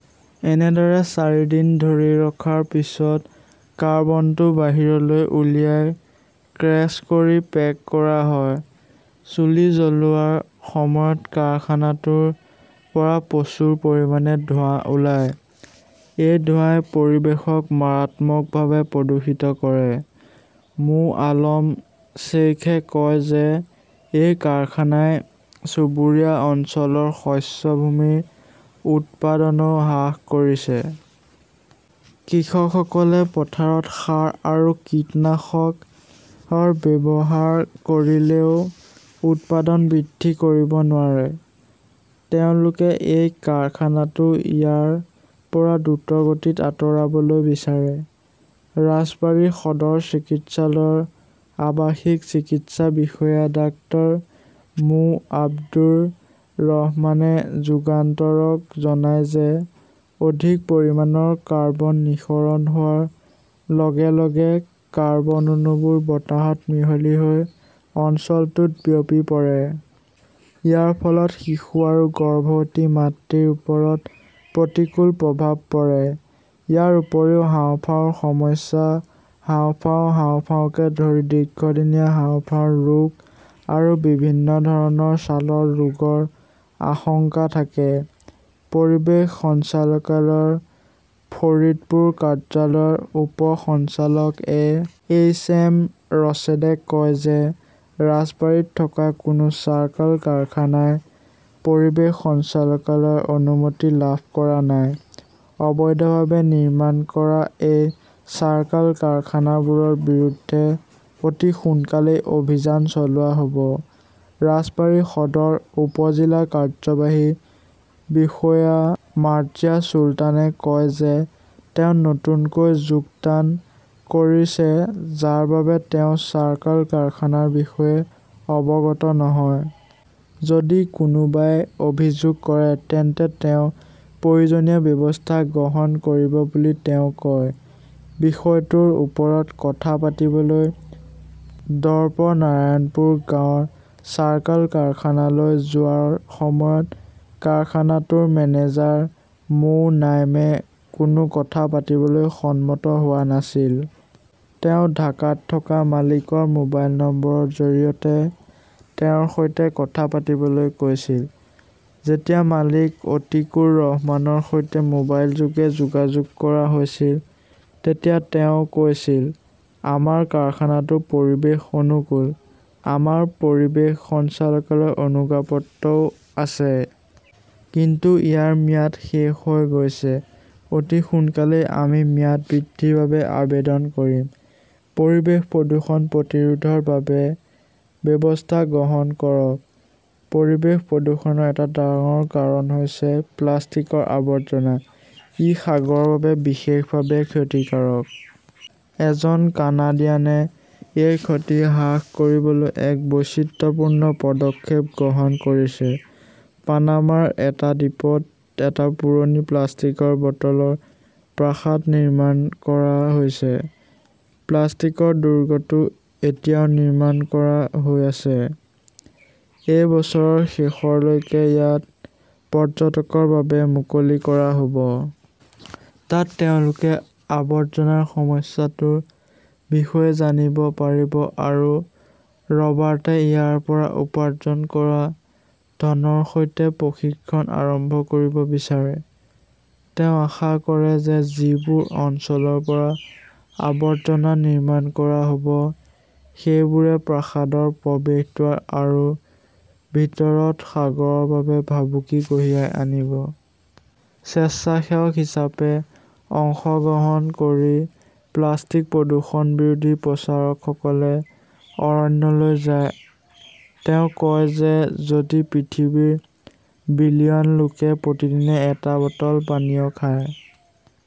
এনেদৰে চাৰিদিন ধৰি ৰখাৰ পিছত কাৰ্বনটো বাহিৰলৈ উলিয়াই ক্ৰেশ্ব কৰি পেক কৰা হয়। চুলি জ্বলোৱাৰ সময়ত কাৰখানাটোৰ পৰা প্ৰচুৰ পৰিমাণে ধোঁৱা ওলাই। এই ধোঁৱাই পৰিৱেশক মাৰাত্মকভাৱে প্ৰদূষিত কৰে। মো. আলম শ্বেইখে কয় যে এই কাৰখানাই চুবুৰীয়া অঞ্চলৰ শস্য ভূমিৰ উৎপাদনও হ্ৰাস কৰিছে। কৃষকসকলে পথাৰত সাৰ আৰু কীটনাশক ব্যৱহাৰ কৰিলেও উৎপাদন বৃদ্ধি কৰিব নোৱাৰে। তেওঁলোকে এই কাৰখানাটো ইয়াৰ পৰা দ্ৰুতগতিত আঁতৰাবলৈ বিচাৰে। ৰাজবাৰী সদৰ চিকিৎসালয়ৰ আৱাসিক চিকিৎসা বিষয়া ডাঃ মো. আব্দুৰ ৰহমানে যুগান্তৰক জনায় যে অধিক পৰিমাণৰ কাৰ্বন নিঃসৰণ হোৱাৰ লগে লগে কাৰ্বন অণুবোৰ বতাহত মিহলি হৈ অঞ্চলটোত বিয়পি পৰে। ইয়াৰ ফলত শিশু আৰু গৰ্ভৱতী মাতৃৰ ওপৰত প্ৰতিকূল প্ৰভাৱ পৰে। ইয়াৰ উপৰিও হাঁওফাঁওৰ সমস্যা, হাঁওফাঁও, হাঁওফাঁওকে ধৰি দীৰ্ঘদিনীয়া হাঁওফাঁওৰ ৰোগ আৰু বিভিন্ন ধৰণৰ ছালৰ ৰোগৰ আশংকা থাকে। পৰিৱেশ সঞ্চালকালয়ৰ ফৰিদপুৰ কাৰ্যালয়ৰ উপ সঞ্চালক এ. এইচ. এম. ৰছেদে কয় যে ৰাজবাৰীত থকা কোনো চাৰ্কল কাৰখানাই পৰিৱেশ সঞ্চালকালয়ৰ অনুমতি লাভ কৰা নাই। অবৈধভাৱে নিৰ্মাণ কৰা এই চাৰ্কল কাৰখানাবোৰৰ বিৰুদ্ধে অতি সোনকালেই অভিযান চলোৱা হ'ব। ৰাজবাৰী সদৰ উপ-জিলা কাৰ্যবাহী বিষয়া মাৰ্জিয়া চুলতানে কয় যে তেওঁ নতুনকৈ যোগদান কৰিছে যাৰ বাবে তেওঁ চাৰ্কল কাৰখানাৰ বিষয়ে অৱগত নহয়। যদি কোনোবাই অভিযোগ কৰে তেন্তে তেওঁ প্ৰয়োজনীয় ব্যৱস্থা গ্ৰহণ কৰিব বুলি তেওঁ কয়। বিষয়টোৰ ওপৰত কথা পাতিবলৈ দৰ্পনাৰায়ণপুৰ গাঁৱৰ চাৰ্কল কাৰখানালৈ যোৱাৰ সময়ত কাৰখানাটোৰ মেনেজাৰ মো. নাইমে কোনো কথা পাতিবলৈ সন্মত হোৱা নাছিল। তেওঁ ঢাকাত থকা মালিকৰ মোবাইল নম্বৰৰ জৰিয়তে তেওঁৰ সৈতে কথা পাতিবলৈ কৈছিল। যেতিয়া মালিক অতীকুৰ ৰহমানৰ সৈতে মোবাইলযোগে যোগাযোগ কৰা হৈছিল, তেতিয়া তেওঁ কৈছিল, "আমাৰ কাৰখানাটো পৰিৱেশ অনুকূল"। আমাৰ পৰিৱেশ সঞ্চালকালয়ৰ অনুজ্ঞাপত্ৰও আছে। কিন্তু ইয়াৰ ম্যাদ শেষ হৈ গৈছে। অতি সোনকালেই আমি ম্যাদ বৃদ্ধিৰ বাবে আবেদন কৰিম। পৰিৱেশ প্ৰদূষণ প্ৰতিৰোধৰ বাবে ব্যৱস্থা গ্ৰহণ কৰক পৰিৱেশ প্ৰদূষণৰ এটা ডাঙৰ কাৰণ হৈছে প্লাষ্টিকৰ আৱৰ্জনা। ই সাগৰৰ বাবে বিশেষভাৱে ক্ষতিকাৰক। এজন কানাডিয়ানে এই ক্ষতি হ্ৰাস কৰিবলৈ এক বৈচিত্ৰপূৰ্ণ পদক্ষেপ গ্ৰহণ কৰিছে। পানামাৰ এটা দ্বীপত এটা পুৰণি প্লাষ্টিকৰ বটলৰ প্ৰাসাদ নিৰ্মাণ কৰা হৈছে। প্লাষ্টিকৰ দুৰ্গটো এতিয়াও নিৰ্মাণ কৰা হৈ আছে। এই বছৰৰ শেষৰলৈকে ইয়াক পৰ্যটকৰ বাবে মুকলি কৰা হ'ব। তাত তেওঁলোকে আৱৰ্জনাৰ সমস্যাটোৰ বিষয়ে জানিব পাৰিব আৰু ৰবাৰ্টে ইয়াৰ পৰা উপাৰ্জন কৰা ধনৰ সৈতে প্ৰশিক্ষণ আৰম্ভ কৰিব বিচাৰে। তেওঁ আশা কৰে যে যিবোৰ অঞ্চলৰ পৰা আৱৰ্জনা নিৰ্মাণ কৰা হ'ব, সেইবোৰে প্ৰাসাদৰ প্ৰৱেশদ্বাৰ আৰু ভিতৰত সাগৰৰ বাবে ভাবুকি কঢ়িয়াই আনিব। স্বেচ্ছাসেৱক হিচাপে অংশগ্ৰহণ কৰি প্লাষ্টিক প্ৰদূষণ বিৰোধী প্ৰচাৰকসকলে অৰণ্যলৈ যায়। তেওঁ কয় যে যদি পৃথিৱীৰ বিলিয়ন লোকে প্ৰতিদিনে এটা বটল পানীয় খায়।